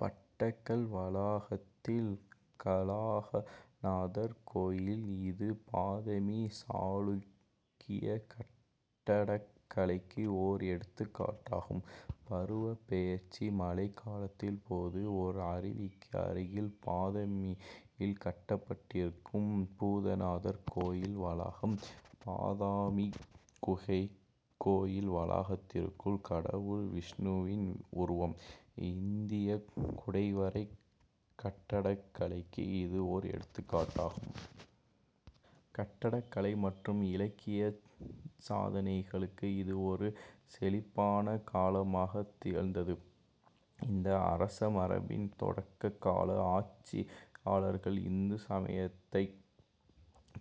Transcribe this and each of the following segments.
பட்டடக்கல் வளாகத்தில் கலாகநாதர் கோயில். இது பாதமி சாளுக்கிய கட்டடக்கலைக்கு ஓர் எடுத்துக்காட்டாகும் பருவப் பெயர்ச்சி மழைக் காலத்தின் போது ஓர் அருவிக்கு அருகில் பாதமியில் கட்டப்பட்டிருக்கும் பூதநாதர் கோயில் வளாகம். பாதாமி குகைக் கோயில் வளாகத்திற்குள் கடவுள் விஷ்ணுவின் உருவம். இந்தியக் குடைவரைக் கட்டடக்கலைக்கு இது ஓர் எடுத்துக்காட்டாகும். கட்டடக் கலை மற்றும் இலக்கியச் சாதனைகளுக்கு இது ஒரு செழிப்பான காலமாகத் திகழ்ந்தது. இந்த அரசமரபின் தொடக்க கால ஆட்சியாளர்கள் இந்து சமயத்தைப்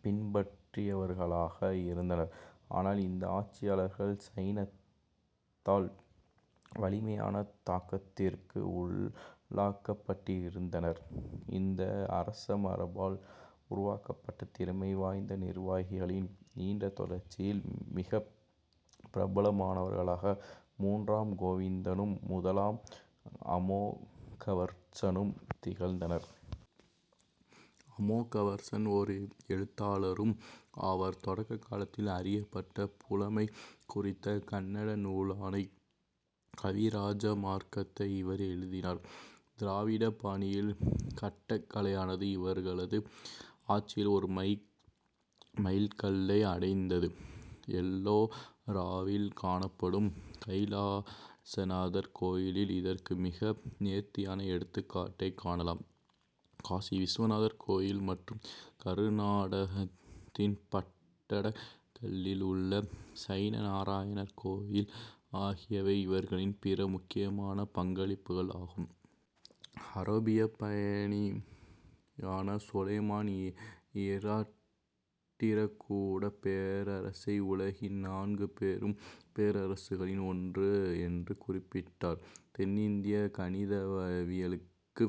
பின்பற்றியவர்களாக இருந்தனர். ஆனால், இந்த ஆட்சியாளர்கள் சைனத்தால் வலிமையான தாக்கத்திற்கு உள்ளாக்கப்பட்டிருந்தனர். இந்த அரசமரபால் உருவாக்கப்பட்ட திறமை வாய்ந்த நிர்வாகிகளின் நீண்ட தொடர்ச்சியில் மிகப் பிரபலமானவர்களாக மூன்றாம் கோவிந்தனும், முதலாம் அமோகவர்சனும் திகழ்ந்தனர். அமோகவர்சன் ஓர் எழுத்தாளரும் ஆவார். தொடக்க காலத்தில் அறியப்பட்ட, புலமை குறித்த கன்னட நூலான கவிராஜமார்க்கத்தை இவர் எழுதினார். திராவிட பாணியில் கட்டக்கலையானது இவர்களது ஆட்சியில் ஒரு மைல் கல்லை அடைந்தது. எல்லோராவில் காணப்படும் கைலாசநாதர் கோயிலில் இதற்கு மிக நேர்த்தியான எடுத்துக்காட்டைக் காணலாம். காசி விசுவநாதர் கோயில் மற்றும் கருநாடகத்தின் பட்டடக்கல்லில் உள்ள சைன நாராயணர் கோயில் ஆகியவை இவர்களின் பிற முக்கியமான பங்களிப்புகள் ஆகும். அரேபியப் பயணியான சுலைமான் இரட்டிரகூடப் பேரரசை உலகின் நான்கு பெரும் பேரரசுகளில் ஒன்று என்று குறிப்பிட்டார். தென்னிந்திய கணிதவியலுக்கு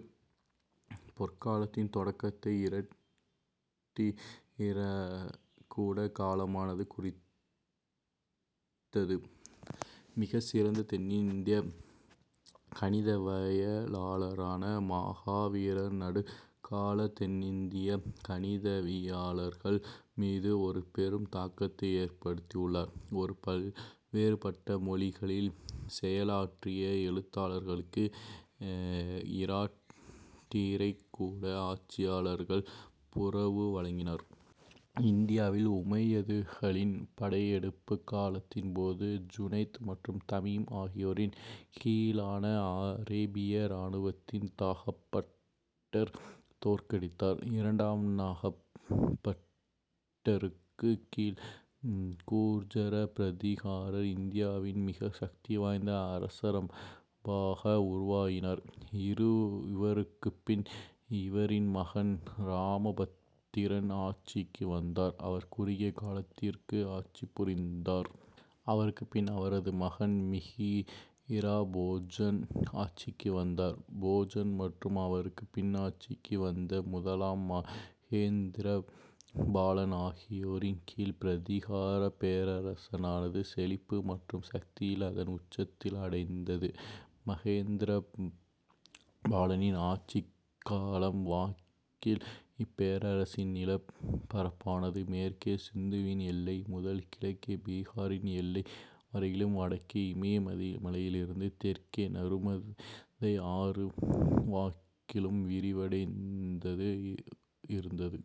பொற்காலத்தின் தொடக்கத்தை இராட்டிரகூட காலமானது குறித்தது. மிகச் சிறந்த தென்னிந்திய கணிதவியலாளரான மகாவீரர் நடுக்கால தென்னிந்திய கணிதவியலாளர்கள் மீது ஒரு பெரும் தாக்கத்தை ஏற்படுத்தியுள்ளார். ஒரு பல்வேறுபட்ட மொழிகளில் செயலாற்றிய எழுத்தாளர்களுக்கு இராட்டிரகூட ஆட்சியாளர்கள் புரவு வழங்கினர். இந்தியாவில் உமையதுகளின் படையெடுப்புக் காலத்தின் போது ஜுனைத் மற்றும் தமீன் ஆகியோரின் கீழான அரேபிய இராணுவத்தை நாகபட்டர் தோற்கடித்தார். இரண்டாம் நாகபட்டருக்குக் கீழ் கூர்ஜர-பிரதிகாரர் இந்தியாவில் மிக சக்தி வாய்ந்த அரசமரபாக உருவாயினர். இவருக்குப்பின் இவரின் மகன் இராமபத்திரன் ஆட்சிக்கு வந்தார். அவர் குறுகிய காலத்திற்கு ஆட்சி புரிந்தார். அவருக்குப் பின் அவரது மகன் மிகிர போஜன் ஆட்சிக்கு வந்தார். போஜன் மற்றும் அவருக்கு பின் ஆட்சிக்கு வந்த முதலாம் மகேந்திரபாலன் ஆகியோரின் கீழ் பிரதிகாரப் பேரரசானது செழிப்பு மற்றும் சக்தியில் அதன் உச்சத்தை அடைந்தது. மகேந்திரபாலனின் ஆட்சிக் காலம் வாக்கில் இப்பேரரசின் நிலப்பரப்பானது மேற்கே சிந்துவின் எல்லை முதல் கிழக்கே பீகாரின் எல்லை வரையிலும், வடக்கே இமயமலையிலிருந்து தெற்கே நருமதை ஆறு வாக்கிலும் விரிவடைந்தது இருந்தது.